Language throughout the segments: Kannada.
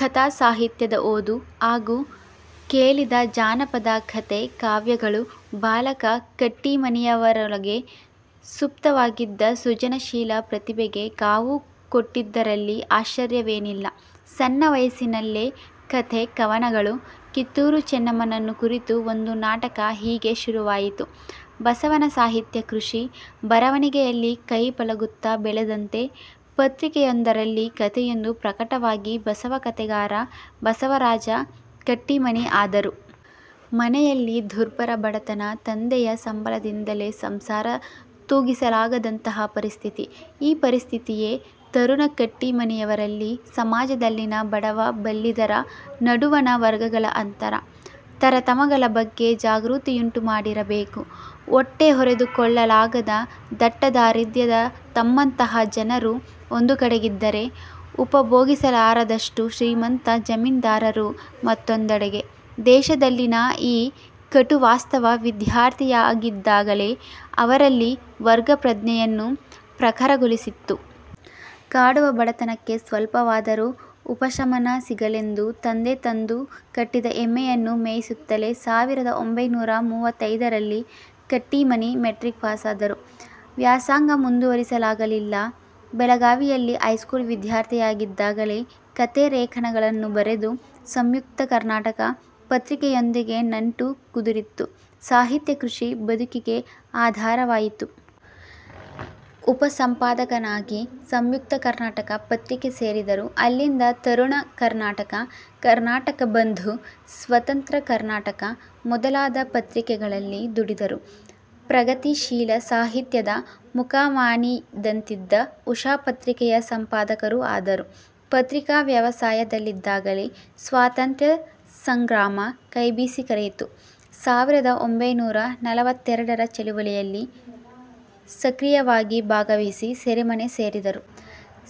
ಕಥಾ ಸಾಹಿತ್ಯದ ಓದು ಹಾಗೂ ಕೇಳಿದ ಜಾನಪದ ಕಥೆ-ಕಾವ್ಯಗಳು ಬಾಲಕ ಕಟ್ಟೀಮನಿಯವರೊಳಗೆ ಸುಪ್ತವಾಗಿದ್ದ ಸೃಜನಶೀಲ ಪ್ರತಿಭೆಗೆ ಕಾವು ಕೊಟ್ಟಿದ್ದರಲ್ಲಿ ಆಶ್ವರ್ಯವೇನಿಲ್ಲ. ಸಣ್ಣ ವಯಸ್ಸಿನಲ್ಲೇ ಕಥೆ, ಕವನಗಳು, ಕಿತ್ತೂರು ಚೆನ್ನಮ್ಮನನ್ನು ಕುರಿತು ಒಂದು ನಾಟಕ-ಹೀಗೆ ಶುರುವಾಯಿತು ಬಸವನ ಸಾಹಿತ್ಯ ಕೃಷಿ. ಬರವಣಿಗೆಯಲ್ಲಿ ಕೈ ಪಳಗುತ್ತಾ ಬೆಳೆದಂತೆ ಪತ್ರಿಕೆಯೊಂದರಲ್ಲಿ ಕಥೆಯೊಂದು ಪ್ರಕಟವಾಗಿ ಬಸವ ಕಥೆಗಾರ ಬಸವರಾಜ ಕಟ್ಟೀಮನಿ ಆದರು. ಮನೆಯಲ್ಲಿ ದುರ್ಭರ ಬಡತನ. ತಂದೆಯ ಸಂಬಳದಿಂದಲೇ ಸಂಸಾರ ತೂಗಿಸಲಾಗದಂತಹ ಪರಿಸ್ಥಿತಿ. ಈ ಪರಿಸ್ಥಿತಿಯೇ ತರುಣ ಕಟ್ಟೀಮನಿಯವರಲ್ಲಿ ಸಮಾಜದಲ್ಲಿನ ಬಡವ-ಬಲ್ಲಿದರ ನಡುವಣ ವರ್ಗಗಳ ಅಂತರ, ತರತಮಗಳ ಬಗ್ಗೆ ಜಾಗೃತಿಯುಂಟುಮಾಡಿರಬೇಕು. ಹೊಟ್ಟೆಹೊರೆದುಕೊಳ್ಳಲಾಗದ ದಟ್ಟದಾರಿದ್ರ್ಯದ ತಮ್ಮಂತಹ ಜನರು ಒಂದುಕಡೆಗಿದ್ದರೆ, ಉಪಭೋಗಿಸಲಾರದಷ್ಟು ಶ್ರೀಮಂತ ಜಮೀನ್ದಾರರು ಮತ್ತೊಂದೆಡೆಗೆ- ದೇಶದಲ್ಲಿನ ಈ ಕಟುವಾಸ್ತವ ವಿದ್ಯಾರ್ಥಿಯಾಗಿದ್ದಾಗಲೇ ಅವರಲ್ಲಿ ವರ್ಗ ಪ್ರಜ್ಞೆಯನ್ನೂ ಪ್ರಖರಗೊಳಿಸಿತ್ತು. ಕಾಡುವ ಬಡತನಕ್ಕೆ ಸ್ವಲ್ಪವಾದರೂ ಉಪಶಮನ ಸಿಗಲೆಂದು ತಂದೆ ತಂದು ಕಟ್ಟಿದ ಎಮ್ಮೆಯನ್ನು ಮೇಯಿಸುತ್ತಲೇ ಸಾವಿರದ ಒಂಭೈನೂರ ಮೂವತ್ತೈದರಲ್ಲಿ ಕಟ್ಟೀಮನಿ ಮೆಟ್ರಿಕ್ ಪಾಸಾದರು. ವ್ಯಾಸಂಗ ಮುಂದುವರಿಸಲಾಗಲಿಲ್ಲ. ಬೆಳಗಾವಿಯಲ್ಲಿ ಹೈಸೂಲ್ ವಿದ್ಯಾರ್ಥಿಯಾಗಿದ್ದಾಗಲೇ ಕಥೆ ೇಖನಗಳನ್ನು ಬರೆದು 'ಸಂಯುಕ್ತ ಕರ್ನಾಟಕ' ಪತ್ರಿಕೆಯೊಂದಿಗೆ ನಂಟು ಕುದುರಿತ್ತು. ಸಾಹಿತ್ಯ ಕೃಷಿ ಬದುಕಿಗೆ ಆಧಾರವಾಯಿತು. ಉಪಸಂಪಾದಕನಾಗಿ 'ಸಂಯುಕ್ತ ಕರ್ನಾಟಕ' ಪತ್ರಿಕೆ ಸೇರಿದರು. ಅಲ್ಲಿಂದ 'ತರುಣ ಕರ್ನಾಟಕ', 'ಕರ್ನಾಟಕ ಬಂಧು' 'ಸ್ವತಂತ್ರ ಕರ್ನಾಟಕ' ಮೊದಲಾದ ಪತ್ರಿಕೆಗಳಲ್ಲಿ ದುಡಿದರು. ಪ್ರಗತಿಶೀಲ ಸಾಹಿತ್ಯದ ಮುಖವಾಣಿಯಂತಿದ್ದ 'ಉಷಾ' ಪತ್ರಿಕೆಯ ಸಂಪಾದಕರೂ ಆದರು. ಪತ್ರಿಕಾ ವ್ಯವಸಾಯದಲ್ಲಿದ್ದಾಗಲೇ ಸ್ವಾತಂತ್ರ್ಯ ಸಂಗ್ರಾಮ ಕೈಬೀಸಿ ಕರೆಯಿತು. ಸಾವಿರದ ಒಂಭೈನೂರ ನಲವತ್ತೆರಡರ ಚಳವಳಿಯಲ್ಲಿ ಸಕ್ರಿಯವಾಗಿ ಭಾವಹಿಸಿ ಸೆರೆಮನೆ ಸೇರಿದರು.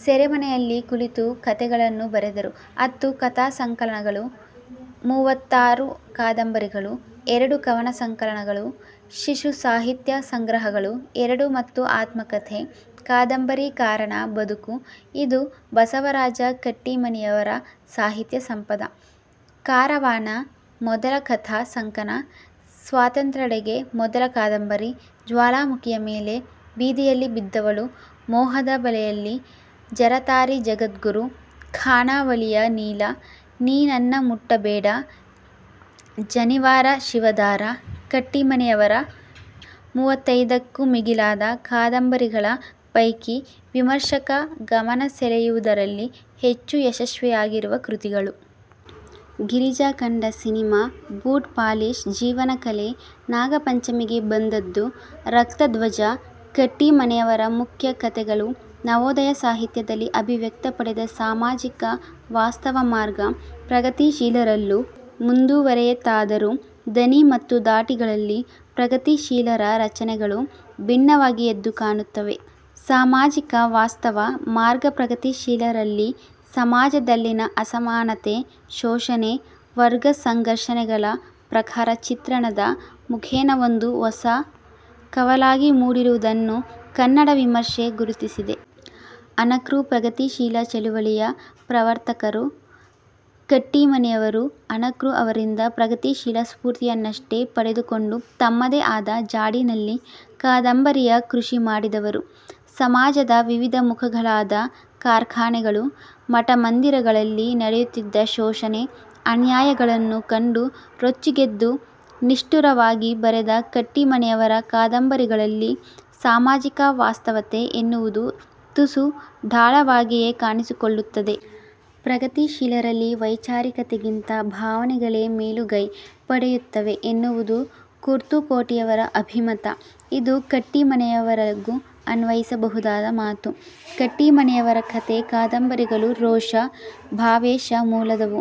ಸೆರೆಮನೆಯಲ್ಲಿ ಕುಳಿತು ಕಥೆಗಳನ್ನು ಬರೆದರು. ಹತ್ತು ಕಥಾ ಸಂಕಲನಗಳು, ಮೂವತ್ತಾರು ಕಾದಂಬರಿಗಳು, ಎರಡು ಕವನ ಸಂಕಲನಗಳು, ಶಿಶು ಸಾಹಿತ್ಯ ಸಂಗ್ರಹಗಳು ಎರಡು ಮತ್ತು ಆತ್ಮಕಥೆ 'ಕಾದಂಬರಿಕಾರನ ಬದುಕು'- ಇದು ಬಸವರಾಜ ಕಟ್ಟೀಮನಿಯವರ ಸಾಹಿತ್ಯ ಸಂಪದ. 'ಕಾರವಾನ' ಮೊದಲ ಕಥಾ ಸಂಕಲನ. 'ಸ್ವಾತಂತ್ರ್ಯದೆಡೆಗೆ' ಮೊದಲ ಕಾದಂಬರಿ. 'ಜ್ವಾಲಾಮುಖಿಯ ಮೇಲೆ', 'ಬೀದಿಯಲ್ಲಿ ಬಿದ್ದವಳು', 'ಮೋಹದ ಬಲೆಯಲ್ಲಿ', 'ಜರತಾರಿ ಜಗದ್ಗುರು', 'ಖಾನಾವಳಿಯ ನೀಲ', 'ನೀ ನನ್ನ ಮುಟ್ಟ ಬೇಡ', 'ಜನಿವಾರ ಶಿವದಾರ' ಕಟ್ಟೀಮನಿಯವರ ಮುವ್ವತ್ತೈದಕ್ಕೂ ಮಿಗಿಲಾದ ಕಾದಂಬರಿಗಳ ಪೈಕಿ ವಿಮರ್ಶಕರ ಗಮನಸೆಳೆಯುವುದರಲ್ಲಿ ಹೆಚ್ಚು ಯಶಸ್ವಿಯಾಗಿರುವ ಕೃತಿಗಳು. 'ಗಿರಿಜಾ ಕಂಡ ಸಿನೆಮಾ', 'ಬೂಟ್ ಪಾಲಿಷ್', 'ಜೀವನ ಕಲೆ', 'ನಾಗಪಂಚಮಿಗೆ ಬಂದದ್ದು', 'ರಕ್ತಧ್ವಜ' ಕಟ್ಟೀಮನಿಯವರ ಮುಖ್ಯ ಕತೆಗಳು. ನವೋದಯ ಸಾಹಿತ್ಯದಲ್ಲಿ ಅಭಿವ್ಯಕ್ತಿಪಡೆದ ಸಾಮಾಜಿಕ ವಾಸ್ತವ ಮಾರ್ಗ ಪ್ರಗತಿಶೀಲರಲ್ಲೂ ಮುಂದುವರಿಯಿತಾದರೂ ದನಿ ಮತ್ತು ಧಾಟಿಗಳಲ್ಲಿ ಪ್ರಗತಿಶೀಲರ ರಚನೆಗಳು ಭಿನ್ನವಾಗಿ ಎದ್ದು ಕಾಣುತ್ತವೆ. ಸಾಮಾಜಿಕ ವಾಸ್ತವ ಮಾರ್ಗಪ್ರಗತಿಶೀಲರಲ್ಲಿ ಸಮಾಜದಲ್ಲಿನ ಅಸಮಾನತೆ, ಶೋಷಣೆ, ವರ್ಗಸಂಘರ್ಷಗಳ ಪ್ರಖರ ಚಿತ್ರಣದ ಮುಖೇನ ಒಂದು ಹೊಸ ಕವಲಾಗಿ ಮೂಡಿರುವುದನ್ನು ಕನ್ನಡ ವಿಮರ್ಶೆ ಗುರುತಿಸಿದೆ. ಅನಕೃ ಪ್ರಗತಿಶೀಲ ಚಳವಳಿಯ ಪ್ರವರ್ತಕರು. ಕಟ್ಟೀಮನಿಯವರು ಅನಕೃ ಅವರಿಂದ ಪ್ರಗತಿಶೀಲ ಸ್ಫೂರ್ತಿಯನ್ನಷ್ಟೇ ಪಡೆದುಕೊಂಡು ತಮ್ಮದೇ ಆದ ಜಾಡಿನಲ್ಲಿ ಕಾದಂಬರಿಯ ಕೃಷಿ ಮಾಡಿದವರು. ಸಮಾಜದ ವಿವಿಧ ಮುಖಗಳಾದ ಕಾರ್ಖಾನೆಗಳು, ಮಠಮಂದಿರಗಳಲ್ಲಿ ನಡೆಯುತ್ತಿದ್ದ ಶೋಷಣೆ, ಅನ್ಯಾಯಗಳನ್ನು ಕಂಡು ರೊಚ್ಚಿಗೆದ್ದು ನಿಷ್ಠುರವಾಗಿ ಬರೆದ ಕಟ್ಟೀಮನಿಯವರ ಕಾದಂಬರಿಗಳಲ್ಲಿ ಸಾಮಾಜಿಕ ವಾಸ್ತವತೆ ಎನ್ನುವುದು ತುಸು ಢಾಳವಾಗಿಯೇ ಕಾಣಿಸಿಕೊಳ್ಳುತ್ತದೆ. ಪ್ರಗತಿಶೀಲರಲ್ಲಿ ವೈಚಾರಿಕತೆಗಿಂತ ಭಾವನೆಗಳೇ ಮೇಲುಗೈ ಪಡೆಯುತ್ತವೆ ಎನ್ನುವುದು ಕುರ್ತಕೋಟಿಯವರ ಅಭಿಮತ. ಇದು ಕಟ್ಟೀಮನಿಯವರಿಗೂ ಅನ್ವಯಿಸಬಹುದಾದ ಮಾತು. ಕಟ್ಟೀಮನಿಯವರ ಕಥೆ-ಕಾದಂಬರಿಗಳು ರೋಷ, ಭಾವಾವೇಶ ಮೂಲದವು.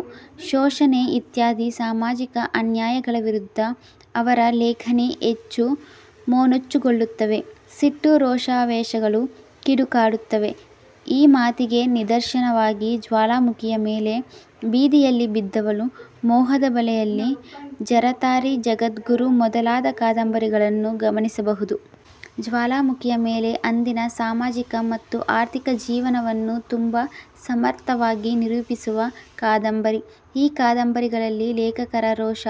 ಶೋಷಣೆ ಇತ್ಯಾದಿ ಸಾಮಾಜಿಕ ಅನ್ಯಾಯಗಳ ವಿರುದ್ಧ ಅವರ ಲೇಖನಿ ಹೆಚ್ಚು ಮೊನಚುಗೊಳ್ಳುತ್ತದೆ. ಸಿಟ್ಟು, ರೋಷಾವೇಶಗಳು ಕಿಡಿಕಾರುತ್ತವೆ. ಈ ಮಾತಿಗೆ ನಿದರ್ಶನವಾಗಿ 'ಜ್ವಾಲಾಮುಖಿಯ ಮೇಲೆ', 'ಬೀದಿಯಲ್ಲಿ ಬಿದ್ದವಳು', 'ಮೋಹದ ಬಲೆಯಲ್ಲಿ, 'ಜರತಾರಿ ಜಗದ್ಗುರು' ಮೊದಲಾದ ಕಾದಂಬರಿಗಳನ್ನು ಗಮನಿಸಬಹುದು. 'ಜ್ವಾಲಾಮುಖಿಯ ಮೇಲೆ' ಅಂದಿನ ಸಾಮಾಜಿಕ ಮತ್ತು ಆರ್ಥಿಕ ಜೀವನವನ್ನು ತುಂಬಾ ಸಮರ್ಥವಾಗಿ ನಿರೂಪಿಸುವ ಕಾದಂಬರಿ. ಈ ಕಾದಂಬರಿಗಳಲ್ಲಿ ಲೇಖಕರ ರೋಷ,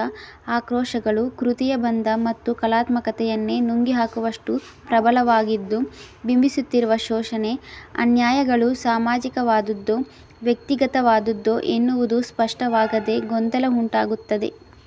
ಆಕ್ರೋಷಗಳು ಕೃತಿಯ ಬಂಧ ಮತ್ತು ಕಲಾತ್ಮಕತೆಯನ್ನೇ ನುಂಗಿಹಾಕುವಷ್ಟು ಪ್ರಬಲವಾಗಿದ್ದು ಬಿಂಬಿಸುತ್ತಿರುವ ಶೋಷಣೆ, ಅನ್ಯಾಯಗಳು ಸಾಮಾಜಿಕವಾದದ್ದೋ, ವ್ಯಕ್ತಿಗತವಾದದ್ದೋ ಎನ್ನುವುದು ಸ್ಪಷ್ಟವಾಗದೆ ಗೊಂದಲ ಉಂಟಾಗುತ್ತದೆ.